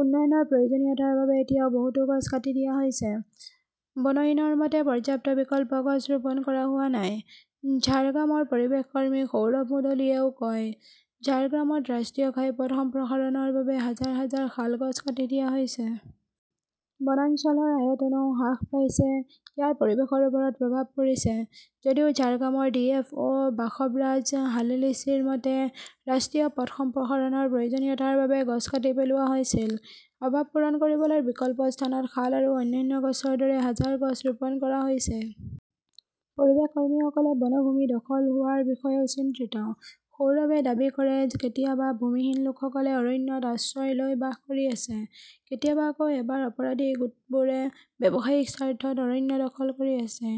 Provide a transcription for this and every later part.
উন্নয়নৰ প্ৰয়োজনীয়তাৰ বাবে এতিয়াও বহুতো গছ কাটি দিয়া হৈছে। বনইনৰ মতে পৰ্যাপ্ত বিকল্প গছ ৰোপণ কৰা হোৱা নাই। ঝাৰগ্ৰামৰ পৰিৱেশ কৰ্মী সৌৰভ মুদলিয়েও কয়, ঝাৰগ্ৰামত ৰাষ্ট্ৰীয় ঘাইপথ সম্প্ৰসাৰণৰ বাবে হাজাৰ- হাজাৰ শাল গছ কাটি দিয়া হৈছে। বনাঞ্চলৰ আয়তনও হ্ৰাস পাইছে। ইয়াৰ পৰিৱেশৰ ওপৰত প্ৰভাৱ পৰিছে ,যদিও ঝাৰগ্ৰামৰ ডি .এফ .অ বাসৱৰাজ হালেলিচিৰ মতে, ৰাষ্ট্ৰীয় পথ সম্প্ৰসাৰণৰ প্ৰয়োজনীয়তাৰ বাবে গছ কাটি পেলোৱা হৈছিল। অভাৱ পূৰণ কৰিবলৈ বিকল্প স্থানত শাল আৰু অন্যান্য গছৰ দৰে হাজাৰ গছ ৰোপণ কৰা হৈছে। পৰিৱেশ কৰ্মীসকলে বনভূমি দখল হোৱাৰ বিষয়েও চিন্তিত। সৌৰভে দাবী কৰে, কেতিয়াবা ভূমিহীন লোকসকলে অৰণ্যত আশ্ৰয় লৈ বাস কৰি আছে। কেতিয়াবা আকৌ এবাৰ অপৰাধী গোটবোৰে ব্যৱসায়িক স্বাৰ্থত অৰণ্য দখল কৰি আছে।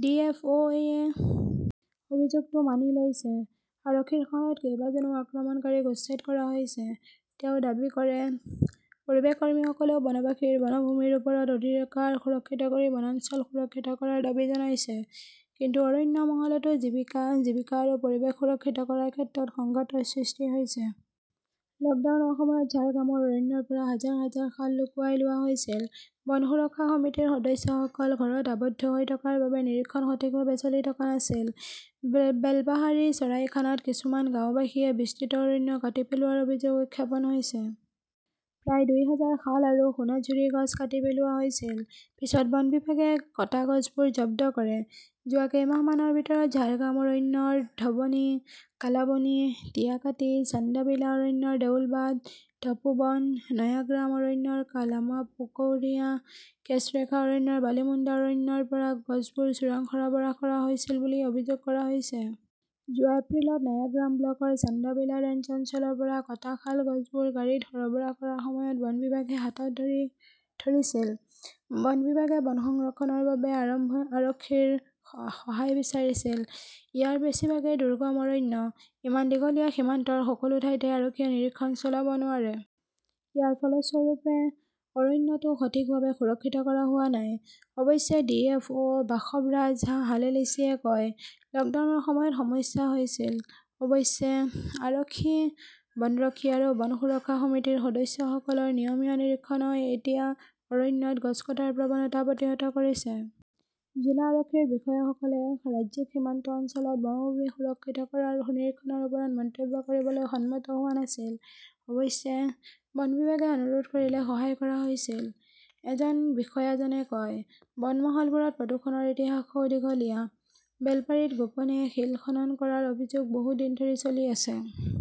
ডি .এফ .অ.য়ে অভিযোগটো মানি লৈছে। আৰক্ষীৰ সহায়ত কেইবাজনো আক্ৰমণকাৰীক উচ্ছেদ কৰা হৈছে, তেওঁ দাবী কৰে। পৰিৱেশ কৰ্মীসকলেও বনবাসীৰ বনভূমিৰ ওপৰত অধিকাৰ সুৰক্ষিত কৰি বনাঞ্চল সুৰক্ষিত কৰাৰ দাবী জনাইছে। কিন্তু অৰণ্য মহলতো জীৱিকা-জীৱিকা আৰু পৰিৱেশ সুৰক্ষিত কৰাৰ ক্ষেত্ৰত সংঘাতৰ সৃষ্টি হৈছে। লকডাউনৰ সময়ত ঝাৰগ্ৰামৰ অৰণ্যৰ পৰা হাজাৰ- হাজাৰ শাল লুকুৱাই লোৱা হৈছিল। বন সুৰক্ষা সমিতিৰ সদস্যসকল ঘৰত আবদ্ধ হৈ থকাৰ বাবে নিৰীক্ষণ সঠিকভাৱে চলি থকা নাছিল। বেলপাহাড়ীৰ চৰাইখানাত কিছুমান গাওঁবাসীয়ে বিস্তৃত অৰণ্য কাটি পেলোৱাৰ অভিযোগ উত্থাপন হৈছে। প্ৰায় দুই হাজাৰ শাল আৰু সোনাঝুৰী গছ কাটি পেলোৱা হৈছিল, পিছত বন বিভাগে কটা গছবোৰ জব্দ কৰে। যোৱা কেইমাহমানৰ ভিতৰত ঝাৰগ্ৰাম অৰণ্যৰ ধৱনী, কালাবনী, টিয়াকাটী, চান্দাবিলা অৰণ্যৰ দেউলবাদ, তপোবন, নয়াগ্ৰাম অৰণ্যৰ কালামাপুকৌৰিয়া, কেশৰেখা অৰণ্যৰ বালিমুণ্ডা অৰণ্যৰ পৰা গছবোৰ চোৰাং সৰবৰাহ কৰা হৈছিল বুলি অভিযোগ কৰা হৈছে। যোৱা এপ্ৰিলত নায়াগ্ৰাম ব্লকৰ চান্দাবিলা ৰেঞ্জ অঞ্চলৰ পৰা কটা শাল গছবোৰ গাড়ীত সৰবৰাহ কৰাৰ সময়ত বন বিভাগে হাতত ধৰি -ধৰিছিল। বন বিভাগে বন সংৰক্ষণৰ বাবে আৰক্ষীৰ সহায় বিচাৰিছিল। ইয়াৰ বেছিভাগেই দুৰ্গম অৰণ্য। ইমান দীঘলীয়া সীমান্তৰ সকলো ঠাইতে আৰক্ষীয়ে নিৰীক্ষণ চলাব নোৱাৰে। ইয়াৰ ফলস্বৰূপে, অৰণ্যটো সঠিকভাৱে সুৰক্ষিত কৰা হোৱা নাই। অৱশ্যে ডি এফ অ বাসৱৰাজ হালেলিচীয়ে কয়, লকডাউনৰ সময়ত সমস্যা হৈছিল। অৱশ্যে, আৰক্ষী, বনৰক্ষী আৰু বন সুৰক্ষা সমিতিৰ সদস্যসকলৰ নিয়মীয়া নিৰীক্ষণই এতিয়া অৰণ্যত গছ কটাৰ প্ৰৱণতা প্ৰতিহত কৰিছে। জিলা আৰক্ষীৰ বিষয়াসকলে ৰাজ্যিক সীমান্ত অঞ্চলত বনভূমি সুৰক্ষিত কৰাৰ নিৰীক্ষণৰ ওপৰত মন্তব্য কৰিবলৈ সন্মত হোৱা নাছিল। অৱশ্যে, বন বিভাগে অনুৰোধ কৰিলে সহায় কৰা হৈছিল, এজন বিষয়াজনে কয়, বন মহলবোৰত প্ৰদূষণৰ ইতিহাসও দীঘলীয়া। বেলপাৰীত গোপনে শিল খনন কৰাৰ অভিযোগ বহু দিন ধৰি চলি আছে।